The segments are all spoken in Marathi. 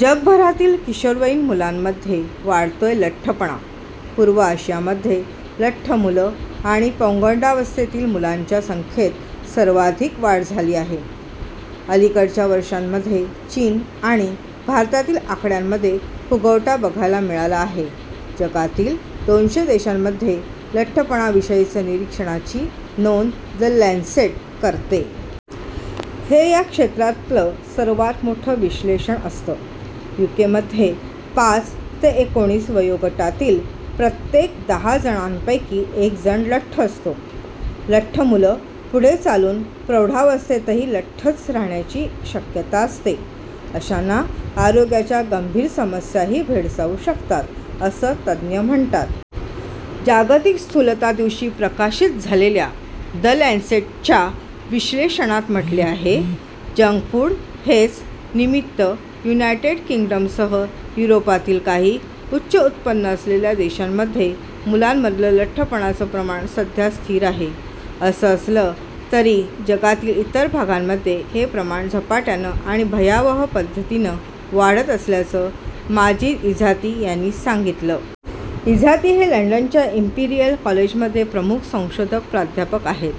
जगभरातील किशोरवयीन मुलांमध्ये वाढतोय लठ्ठपणा पूर्व आशियामध्ये लठ्ठ मुलं आणि पौगंडावस्थेतील मुलांच्या संख्येत सर्वाधिक वाढ झाली आहे. अलिकडच्या वर्षांमध्ये चीन आणि भारतातील आकड्यांमध्ये फुगवटा बघायला मिळाला आहे. जगातील दोनशे देशांमध्ये लठ्ठपणाविषयीचं निरक्षणाची नोंद 'द लॅन्सेट' करते. हे या क्षेत्रातलं सर्वांत मोठं विश्लेषण असतं. यूकेमध्ये पाच ते एकोणीस वयोगटातील प्रत्येक दहा जणांपैकी एकजण लठ्ठ असतो. लठ्ठ मुलं पुढे चालून प्रौढावस्थेतही लठ्ठच राहण्याची शक्यता असते. अशांना आरोग्याच्या गंभीर समस्याही भेडसावू शकतात, असं तज्ज्ञ म्हणतात. जागतिक स्थूलता दिवशी प्रकाशीत झालेल्या 'द लॅन्सेट'च्या विश्लेषणात म्हटले आहे. जंकफूड हेच निमित्त युनायटेड किंगडमसह युरोपातील काही उच्च उत्पन्न असलेल्या देशांमध्ये मुलांमधलं लठ्ठपणाचं प्रमाण सध्या स्थिर आहे. असं असलं तरी जगातील इतर भागांमध्ये हे प्रमाण झपाट्यानं आणि भयावह पद्धतीनं वाढत असल्याचं माजिद इझाती यांनी सांगितलं. इझाती हे लंडनच्या इंपिरियल कॉलेजमध्ये प्रमुख संशोधक प्राध्यापक आहेत.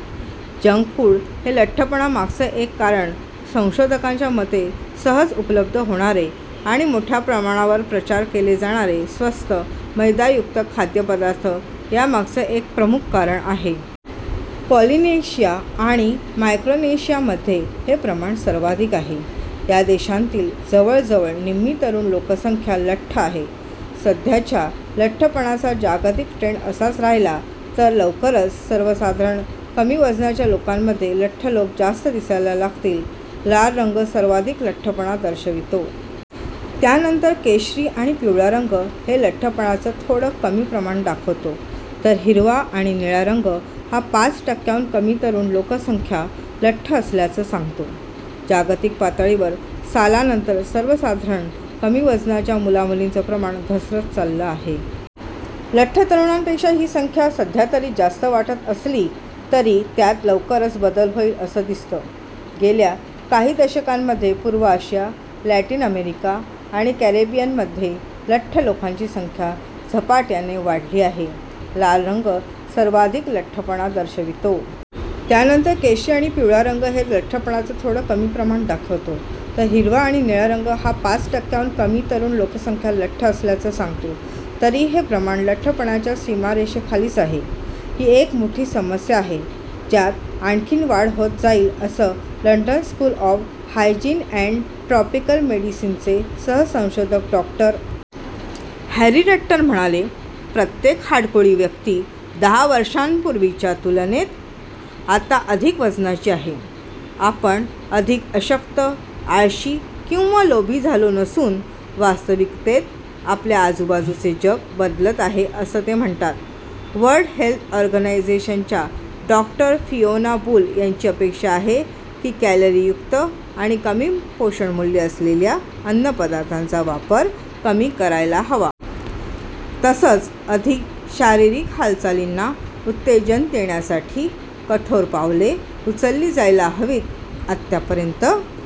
जंक फूड हे लठ्ठपणा मागचं एक कारण संशोधकांच्या मते सहज उपलब्ध होणारे आणि मोठ्या प्रमाणावर प्रचार केले जाणारे स्वस्त मैदायुक्त खाद्यपदार्थ यामागचं एक प्रमुख कारण आहे. पॉलिनेशिया आणि मायक्रोनेशियामध्ये हे प्रमाण सर्वाधिक आहे. या देशांतील जवळजवळ निम्मी तरुण लोकसंख्या लठ्ठ आहे. सध्याचा लठ्ठपणाचा जागतिक ट्रेंड असाच राहिला तर लवकरच सर्वसाधारण कमी वजनाच्या लोकांपेक्षा लठ्ठ लोकं जास्त दिसायला लागतील. लाल रंग सर्वाधिक लठ्ठपणा दर्शवितो. त्यानंतर केशरी आणि पिवळा रंग हे लठ्ठपणाचं थोडं कमी प्रमाण दाखवतो. तर हिरवा आणि निळा रंग हा पाच टक्क्यांहून कमी तरुण लोकसंख्या लठ्ठ असल्याचं सांगतो. जागतिक पातळीवर सालानंतर सर्वसाधारण कमी वजनाच्या मुलामुलींचं प्रमाण घसरत चाललं आहे. लठ्ठ तरुणांपेक्षा ही संख्या सध्यातरी जास्त वाटत असली तरी त्यात लवकरच बदल होईल असं दिसतं. गेल्या काही दशकांमध्ये पूर्व आशिया, लॅटिन अमेरिका आणि कॅरेबियनमध्ये लठ्ठ लोकांची संख्या झपाट्याने वाढली आहे. लाल रंग सर्वाधिक लठ्ठपणा दर्शवितो. त्यानंतर केशरी आणि पिवळा रंग हे लठ्ठपणाचं थोडं कमी प्रमाण दाखवतो. तर हिरवा आणि निळा रंग हा पाच टक्क्यांहून कमी तरुण लोकसंख्या लठ्ठ असल्याचं सांगतो. तरी हे प्रमाण लठ्ठपणाच्या सीमारेषेखालीच आहे. ही एक मोठी समस्या आहे ज्यात आणखी वाढ होत जाईल असं London School of Hygiene and Tropical मेडिसिनचे सहसंशोधक डॉ. हॅरी रट्टर म्हणाले. प्रत्येक हाडकुळी व्यक्ती दहा वर्षांपूर्वीच्या तुलनेत आता अधिक वजनाची आहे. आपण अधिक अशक्त, आळशी किंवा लोभी झालो नसून वास्तविकतेत आपल्या आजूबाजूचे जग बदलत आहे असं ते म्हणतात. वर्ल्ड हेल्थ ऑर्गनायझेशन च्या डॉ फियोना बुल यांची अपेक्षा आहे की कॅलरीयुक्त आणि कमी पोषणमूल्य असलेल्या अन्नपदार्थांचा वापर कमी करायला हवा. तसंच अधिक शारीरिक हालचालींना उत्तेजन देण्यासाठी कठोर पावले उचलली जायला हवीत. आतापर्यंत